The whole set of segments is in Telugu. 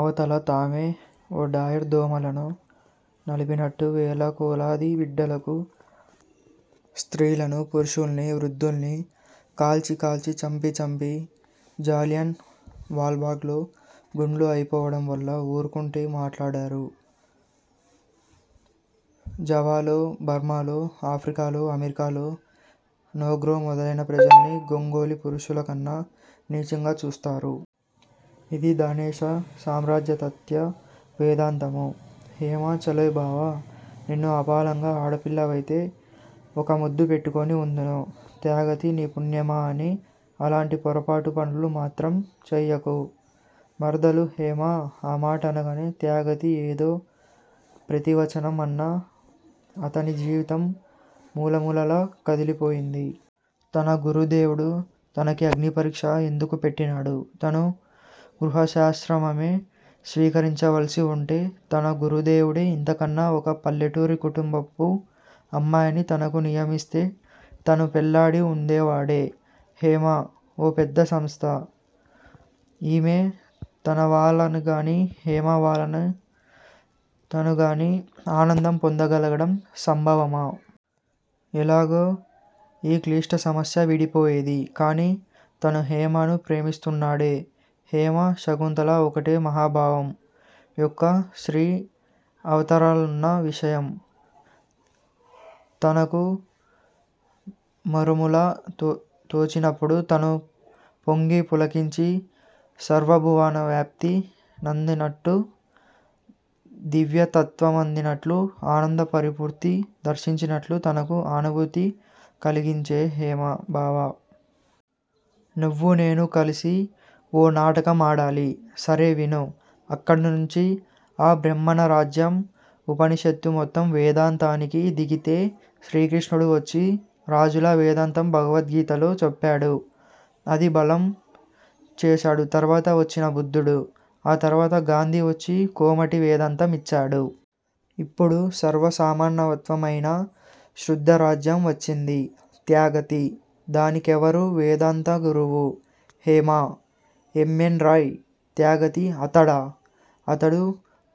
అవతల తామే ఓ డయ్యర్ దోమలను నలిపినట్లు వేలకొలది బిడ్డలకూ, స్త్రీలనూ, పురుషుల్నీ, వృద్దుల్నీ కాల్చి కాల్చి, చంపి చంపి, జలియన్ వాలాబాగ్ లో గుండ్లు అయిపోవడం వల్ల ఊరుకుంటే మాట్లాడరు. జావాలో, బర్మాలో, ఆఫ్రికాలో, అమెరికాలో నీగ్రో మొదలైన ప్రజల్ని గొంగళి పురుగుల కన్నా నీచంగా చూస్తారు. ఇది ధనేశ సామ్రాజ్యతత్వ వేదాంతము. హేమ చాలోయి బావా! నిన్ను ఆపళంగా ఆడపిల్లవైతే ఒక ముద్దు పెట్టుకొని వుందును. త్యాగతి నీ పుణ్యమా అని అలాంటి పొరపాటు పనులు మాత్రం చేయక. మరదలు హేమ ఆ మాట అనగానే త్యాగతి ఏదో ప్రతివచనం అన్నా, అతని జీవితం మూలమూలలా కదిలిపోయింది. తన గురుదేవుడు తన కీ అగ్నిపరీక్ష యెందుకు పెట్టినాడు? తాను గృహస్తాశ్రమమే స్వీకరించవలసి వుంటే, తన గురుదేవుడే ఇంతకన్న ఒక పల్లెటూరి కుటుంబపు అమ్మాయిని తనకు నియమిస్తే, తాను పెళ్ళాడి వుందేవాడే! హేమ ఒక పెద్ద సంస్థ! ఈమె తనవలనగానీ, హేమ వలన తానుగానీ ఆనందం పొందగలగడం సంభవమా? ఎలాగు ఈ క్లిష్ట సమస్య విడిపోయేది? కాని తాను హేమను ప్రేమిస్తున్నాడే. హేమా, శకుంతలా ఒకటే మహాభావం యొక్క స్త్రీ అవతారాలన్న విషయం తనకు మెరుములా తోచినప్పుడు తాను పొంగి, పులకించి, సర్వభువనవ్యాప్తి నందినట్లు, దివ్యత్వమందినట్లు అనంద పరిపూర్తి దర్శించినట్లు తనకు అనుభూతి కలిగిందే! హేమ: బావా! నువ్వూ నేనూ కలసి ఓ నాటకం ఆడాలి. సరే విను. అక్కడినుంచి ఆ బ్రాహ్మణరాజ్యం ఉపనిషత్తు మెత్త వేదాంతానికి దిగితే. శ్రీకృష్ణుడు వచ్చి రాజుల వేదాంతం భగవద్గీతలో చెప్పాడు. అది బలం చేశాడు తర్వాత వచ్చిన బుద్ధుడు. ఆ తర్వాత గాంధీ వచ్చి కోమటి వేదాంతం ఇచ్చాడు. ఇప్పుడు సర్వసమానవత్వమైన శూద్రరాజ్యం వచ్చింది. త్యాగతి: దాని కెవరు వేదాంత గురువు? హేమ: ఎం. ఎన్. రాయి! త్యాగతి: అతడా! అతడు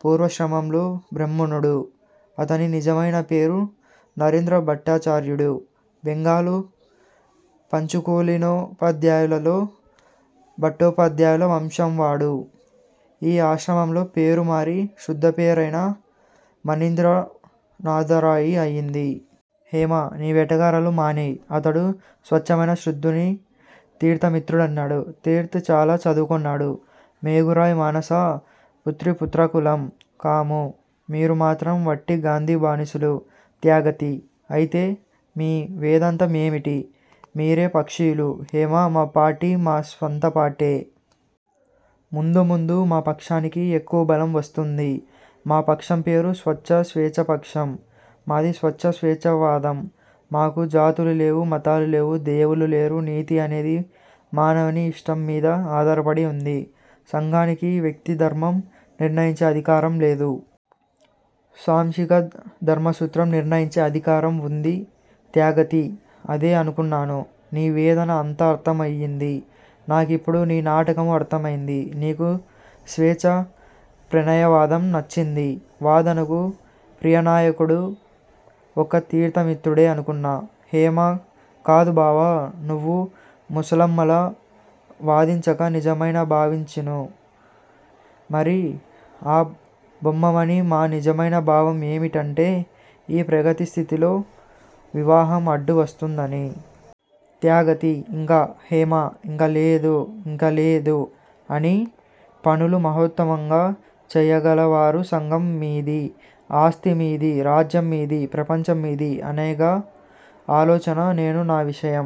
పూర్వాశ్రమంలో బ్రాహ్మణుడు! అతని నిజమైన పేరు నరేంద్రభట్టాచార్యుడు. బెంగాలు పంచుకులీనోపాద్యాయులలో భట్టోపాధ్యాయుల వంశంవాడు. ఈ ఆశ్రమంలో పేరు మారి శూద్ర పేరైన మణీంద్రనాధరాయి అయింది. హేమ: నీ వెటకారాలు మానెయ్యి. అతడు స్వచ్చమైన శూద్రుడని తీర్థమిత్రుడన్నాడు. తీర్థ్ చాలా చదువుకొన్నాడు. మేఘు రాయి మానస పుత్రీపుత్రకులం కాము. మీరు మాత్రం వట్టి గాంధీ బానిసలు. త్యాగతి: అయితే మీ వేదాంతం ఏమిటి? మీరే పక్షీయులు? హేమ: మా పార్టీ మా స్వంత పార్టే! ముందు ముందు మా పక్షానికి ఎక్కువబలం వస్తుంది మా పక్షం పేరు '' స్వచ్ఛ స్వేచ్ఛాపక్షం'' మాది స్వచ్ఛ స్వేచ్ఛావాదం! మాకు జాతులు లేవు, మతాలూ లేవు, దేవుళ్ళులేరు, నీతి అనేది మానవుని ఇస్టంమీద ఆధారపడి ఉంది. సంఘానికి వ్యక్తి ధర్మం నిర్ణయించే అధికారం లేదు. సాంఘీక ధర్మసూత్రం నిర్ణయించే అధికారం వుంది. త్యాగతి: అదే అనుకున్నాను. నీ వేదన అంతా అర్ధమయింది నాకిప్పుడు. నీ నాటకమూ అర్ధమయింది. నీకూ స్వేచ్ఛా ప్రణయవాదం నచ్చింది. వాదనకు ప్రియనాయకుడు ఒక్క తీర్ధమిత్రుడే అనుకున్నా! హేమ కాదు బావా, నువ్వు ముసలమ్మలా వాదించక, నిజమైన భావంవిను మరీ, ఆ బొమ్మమాని, మా నిజమైన భావం ఏమిటంటే-ఈ ప్రగతి స్థితిలో వివాహం అడ్డు వస్తుందని. త్యాగతి: ఇంకా! హేమ: ఇంకా లేదు గింకాలేదు! అన్ని పనులు మహోత్తమంగా చేయగలవారు సంఘం మీది, ఆస్తిమీది, రాజ్యం మీది, ప్రపంచం మీది, అనేగా ఆలోచన! నేను నా విషయం